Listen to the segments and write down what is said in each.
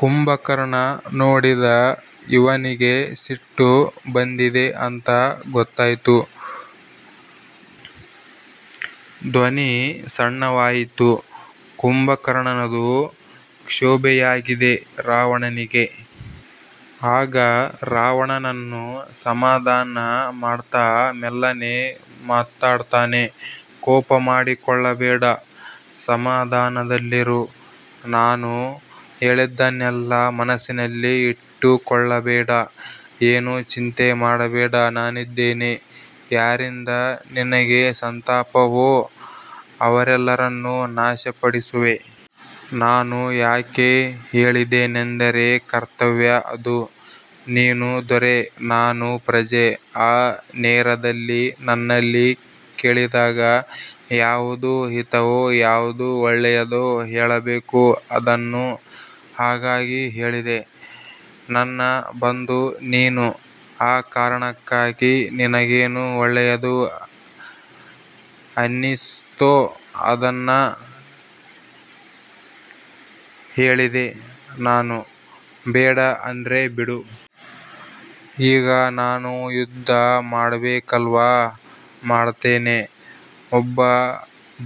ಕುಂಭಕರ್ಣ ನೋಡಿದ ಇವನಿಗೆ ಸಿಟ್ಟು ಬಂದಿದೆ ಅಂತ ಗೊತ್ತಾಯ್ತು. ಧ್ವನಿ ಸಣ್ಣವಾಯಿತು ಕುಂಭಕರ್ಣನದು. ಕ್ಷೋಭೆಯಾಗಿದೆ ರಾವಣನಿಗೆ. ಆಗ ರಾವಣನನ್ನು ಸಮಾಧಾನ ಮಾಡ್ತಾ ಮೆಲ್ಲನೆ ಮಾತಾಡ್ತಾನೆ. ಕೋಪ ಮಾಡಿಕೊಳ್ಳಬೇಡ. ಸಮಾಧಾನದಲ್ಲಿರು. ನಾನು ಹೇಳಿದ್ದನ್ನೆಲ್ಲ ಮನಸ್ಸಿನಲ್ಲಿ ಇಟ್ಟುಕೊಳ್ಳಬೇಡ. ಏನೂ ಚಿಂತೆ ಮಾಡಬೇಡ. ನಾನಿದ್ದೇನೆ. ಯಾರಿಂದ ನಿನಗೆ ಸಂತಾಪವೋ ಅವರೆಲ್ಲರನ್ನೂ ನಾಶಪಡಿಸುವೆ. ನಾನು ಯಾಕೆ ಹೇಳಿದೆನೆಂದರೆ ಕರ್ತವ್ಯ ಅದು. ನೀನು ದೊರೆ ನಾನು ಪ್ರಜೆ. ಆ ನೇರದಲ್ಲಿ ನನ್ನಲ್ಲಿ ಕೇಳಿದಾಗ ಯಾವುದು ಹಿತವೋ, ಯಾವುದು ಒಳ್ಳೆಯದೋ ಹೇಳಬೇಕು ಅದನ್ನು. ಹಾಗಾಗಿ ಹೇಳಿದೆ. ನನ್ನ ಬಂಧು ನೀನು. ಆ ಕಾರಣಕ್ಕಾಗಿ ನಿನಗೇನು ಒಳ್ಳೆಯದು ಅನ್ನಿಸ್ತೋ ಅದನ್ನ ಹೇಳಿದೆ ನಾನು. ಬೇಡ ಅಂದ್ರೆ ಬಿಡು. ಈಗ ನಾನು ಯುದ್ಧ ಮಾಡ್ಬೇಕಲ್ವಾ ಮಾಡ್ತೇನೆ. ಒಬ್ಬ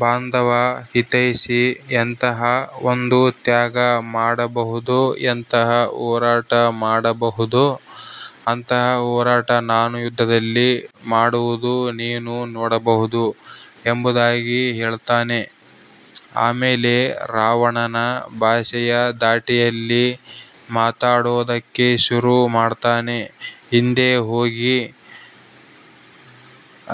ಬಾಂಧವ, ಹಿತೈಷಿ ಎಂತಹಾ ಒಂದು ತ್ಯಾಗ ಮಾಡಬಹುದೋ, ಎಂತಹ ಹೋರಾಟ ಮಾಡಬಹುದೋ ಅಂತಹ ಹೋರಾಟ ನಾನು ಯುದ್ಧದಲ್ಲಿ ಮಾಡುವುದು ನೀನು ನೋಡಬಹುದು ಎಂಬುದಾಗಿ ಹೇಳ್ತಾನೆ. ಆಮೇಲೆ ರಾವಣನ ಭಾಷೆಯ ಧಾಟಿಯಲ್ಲಿ ಮಾತಾಡೋದಕ್ಕೆ ಶುರು ಮಾಡ್ತಾನೆ. ಇಂದೇ ಹೋಗಿ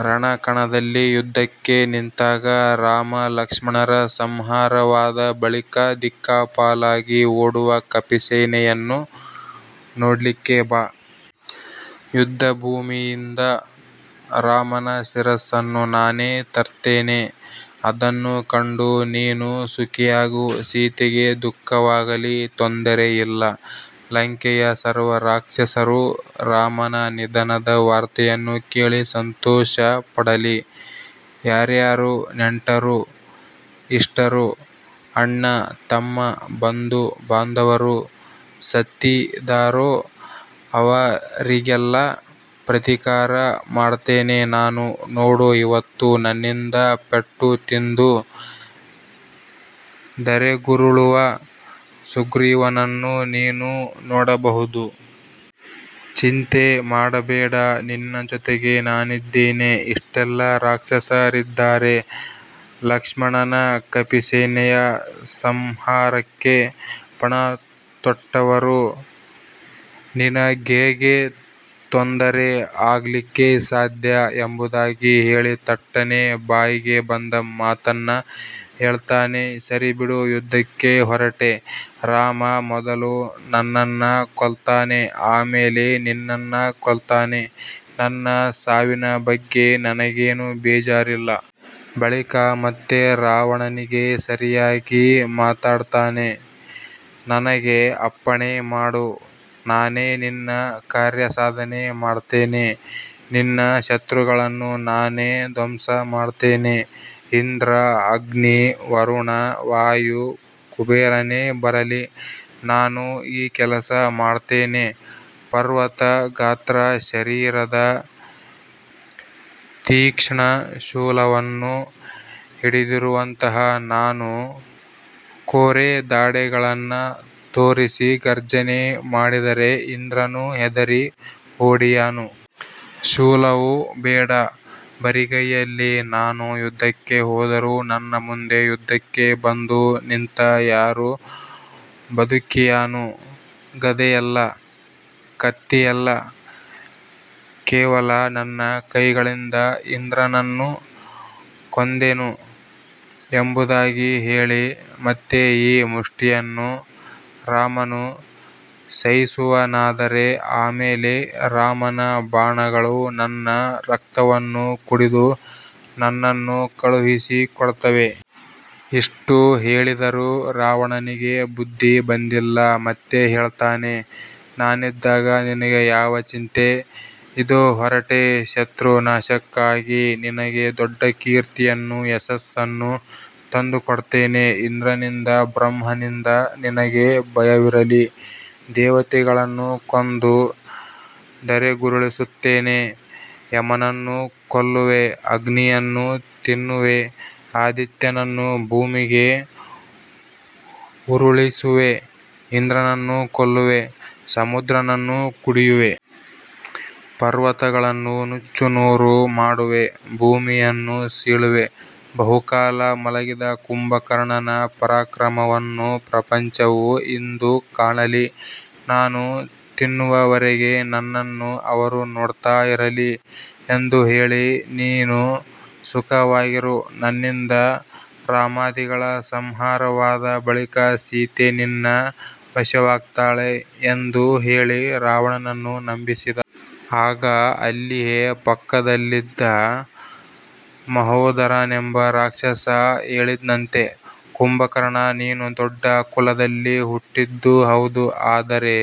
ರಣಕಣದಲ್ಲಿ ಯುದ್ಧಕ್ಕೆ ನಿಂತಾಗ ರಾಮ-ಲಕ್ಷ್ಮಣರ ಸಂಹಾರವಾದ ಬಳಿಕ ದಿಕ್ಕಾಪಾಲಾಗಿ ಓಡುವ ಕಪಿಸೇನೆಯನ್ನು ನೋಡ್ಲಿಕ್ಕೆ ಬಾ. ಯುದ್ಧಭೂಮಿಯಿಂದ ರಾಮನ ಶಿರಸ್ಸನ್ನು ನಾನೇ ತರ್ತೇನೆ. ಅದನ್ನು ಕಂಡು ನೀನು ಸುಖಿಯಾಗು. ಸೀತೆಗೆ ದುಃಖವಾಗಲಿ ತೊಂದರೆಯಿಲ್ಲ. ಲಂಕೆಯ ಸರ್ವರಾಕ್ಷಸರು ರಾಮನ ನಿಧನದ ವಾರ್ತೆಯನ್ನು ಕೇಳಿ ಸಂತೋಷಪಡಲಿ. ಯಾರ್ಯಾರ ನೆಂಟರು, ಇಷ್ಟರು, ಅಣ್ಣ, ತಮ್ಮ, ಬಂಧು-ಬಾಂಧವರು ಸತ್ತಿದಾರೋ ಅವರಿಗೆಲ್ಲ ಪ್ರತೀಕಾರ ಮಾಡ್ತೇನೆ ನಾನು. ನೋಡು ಇವತ್ತು ನನ್ನಿಂದ ಪೆಟ್ಟು ತಿಂದು ಧರೆಗುರುಳುವ ಸುಗ್ರೀವನನ್ನು ನೀನು ನೋಡಬಹುದು. ಚಿಂತೆ ಮಾಡಬೇಡ. ನಿನ್ನ ಜೊತೆಗೆ ನಾನಿದ್ದೇನೆ. ಇಷ್ಟೆಲ್ಲ ರಾಕ್ಷಸರಿದ್ದಾರೆ. ಲಕ್ಷ್ಮಣನ, ಕಪಿಸೇನೆಯ ಸಂಹಾರಕ್ಕೆ ಪಣತೊಟ್ಟವರು. ನಿನಗ್ಹೇಗೆ ತೊಂದರೆ ಆಗ್ಲಿಕ್ಕೆ ಸಾಧ್ಯ ಎಂಬುದಾಗಿ ಹೇಳಿ ತಟ್ಟನೆ ಬಾಯಿಗೆ ಬಂದ ಮಾತನ್ನ ಹೇಳ್ತಾನೆ. ಸರಿಬಿಡು. ಯುದ್ಧಕ್ಕೆ ಹೊರಟೆ, ರಾಮ ಮೊದಲು ನನ್ನನ್ನ ಕೊಲ್ತಾನೆ. ಆಮೇಲೆ ನಿನ್ನನ್ನ ಕೊಲ್ತಾನೆ. ನನ್ನ ಸಾವಿನ ಬಗ್ಗೆ ನನಗೇನು ಬೇಜಾರಿಲ್ಲ. ಬಳಿಕ ಮತ್ತೆ ರಾವಣನಿಗೆ ಸರಿಯಾಗಿ ಮಾತಾಡ್ತಾನೆ. ನನಗೇ ಅಪ್ಪಣೆ ಮಾಡು. ನಾನೇ ನಿನ್ನ ಕಾರ್ಯಸಾಧನೆ ಮಾಡ್ತೇನೆ. ನಿನ್ನ ಶತ್ರುಗಳನ್ನು ನಾನೇ ಧ್ವಂಸ ಮಾಡ್ತೇನೆ. ಇಂದ್ರ, ಅಗ್ನಿ, ವರುಣ, ವಾಯು, ಕುಬೇರನೇ ಬರಲಿ ನಾನು ಈ ಕೆಲಸ ಮಾಡ್ತೇನೆ. ಪರ್ವತ ಗಾತ್ರ ಶರೀರದ, ತೀಕ್ಷ್ಣ ಶೂಲವನ್ನು ಹಿಡಿದಿರುವಂತಹ ನಾನು ಕೋರೆದಾಡೆಗಳನ್ನ ತೋರಿಸಿ ಘರ್ಜನೆ ಮಾಡಿದರೆ ಇಂದ್ರನೂ ಹೆದರಿ ಓಡಿಯಾನು. ಶೂಲವೂ ಬೇಡ. ಬರಿಗೈಯಲ್ಲಿ ನಾನು ಯುದ್ಧಕ್ಕೆ ಹೋದರು ನನ್ನ ಮುಂದೆ ಯುದ್ಧಕ್ಕೆ ಬಂದು ನಿಂತ ಯಾರು ಬದುಕಿಯಾನು ಗದೆಯಲ್ಲ, ಕತ್ತಿಯಲ್ಲ, ಕೇವಲ ನನ್ನ ಕೈಗಳಿಂದ ಇಂದ್ರನನ್ನು ಕೊಂದೇನು ಎಂಬುದಾಗಿ ಹೇಳಿ, ಮತ್ತೆ ಈ ಮುಷ್ಠಿಯನ್ನು ರಾಮನು ಸಹಿಸುವನಾದರೆ ಆಮೇಲೆ ರಾಮನ ಬಾಣಗಳು ನನ್ನ ರಕ್ತವನ್ನು ಕುಡಿದು ನನ್ನನ್ನು ಕಳುಹಿಸಿ ಕೊಡ್ತವೆ. ಇಷ್ಟು ಹೇಳಿದರೂ ರಾವಣನಿಗೆ ಬುದ್ಧಿ ಬಂದಿಲ್ಲ. ಮತ್ತೆ ಹೇಳ್ತಾನೆ. ನಾನಿದ್ದಾಗ ನಿನಗೆ ಯಾವ ಚಿಂತೆ? ಇದೋ ಹೊರಟೆ ಶತ್ರು ನಾಶಕ್ಕಾಗಿ. ನಿನಗೆ ದೊಡ್ಡ ಕೀರ್ತಿಯನ್ನು, ಯಶಸ್ಸನ್ನು ತಂದುಕೊಡ್ತೇನೆ. ಇಂದ್ರನಿಂದ, ಬ್ರಹ್ಮನಿಂದ ನಿನಗೆ ಭಯವಿರಲಿ, ದೇವತೆಗಳನ್ನು ಕೊಂದು ಧರೆಗುರುಳಿಸ್ತೇನೆ. ಯಮನನ್ನು ಕೊಲ್ಲುವೆ, ಅಗ್ನಿಯನ್ನು ತಿನ್ನುವೆ, ಆದಿತ್ಯನನ್ನು ಭೂಮಿಗೆ ಉರುಳಿಸುವೆ, ಇಂದ್ರನನ್ನೂ ಕೊಲ್ಲುವೆ, ಸಮುದ್ರವನ್ನು ಕುಡಿಯುವೆ. ಪರ್ವತಗಳನ್ನು ನುಚ್ಚುನೂರು ಮಾಡುವೆ, ಭೂಮಿಯನ್ನು ಸೀಳುವೆ. ಬಹುಕಾಲ ಮಲಗಿದ ಕುಂಭಕರ್ಣನ ಪರಾಕ್ರಮವನ್ನು ಪ್ರಪಂಚವು ಇಂದು ಕಾಣಲಿ. ನಾನು ತಿನ್ನುವವರೆಗೆ ನನ್ನನ್ನು ಅವರು ನೋಡ್ತಾ ಇರಲಿ. ಎಂದು ಹೇಳಿ ನೀನು ಸುಖವಾಗಿರು. ನನ್ನಿಂದ ರಾಮಾದಿಗಳ ಸಂಹಾರವಾದ ಬಳಿಕ ಸೀತೆ ನಿನ್ನ ವಶವಾಗ್ತಾಳೆ ಎಂದು ಹೇಳಿ ರಾವಣನನ್ನು ನಂಬಿಸಿದ. ಆಗ ಅಲ್ಲಿಯೇ ಪಕ್ಕದಲ್ಲಿದ್ದ ಮಹೋದರನೆಂಬ ರಾಕ್ಷಸ ಹೇಳಿದ್ನಂತೆ. ಕುಂಭಕರ್ಣ ನೀನು ದೊಡ್ಡ ಕುಲದಲ್ಲಿ ಹುಟ್ಟಿದ್ದು ಹೌದು ಆದರೆ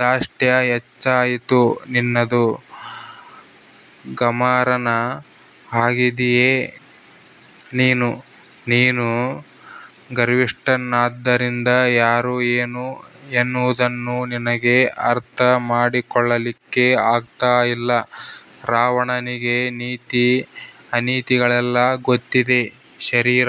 ದಾಷ್ಟ್ಯ ಹೆಚ್ಚಾಯಿತು ನಿನ್ನದು. ಗಮಾರನ ಹಾಗಿದೀಯೆ ನೀನು. ನೀನು ಗರ್ವಿಷ್ಟನಾದ್ದರಿಂದ ಯಾರು ಏನು ಎನ್ನುವುದನ್ನು ನಿನಗೆ ಅರ್ಥ ಮಾಡಿಕೊಳ್ಳಲಿಕ್ಕೆ ಆಗ್ತಾಯಿಲ್ಲ. ರಾವಣನಿಗೆ ನೀತಿ ಅನೀತಿಗಳೆಲ್ಲ ಗೊತ್ತಿದೆ. ಶರೀರ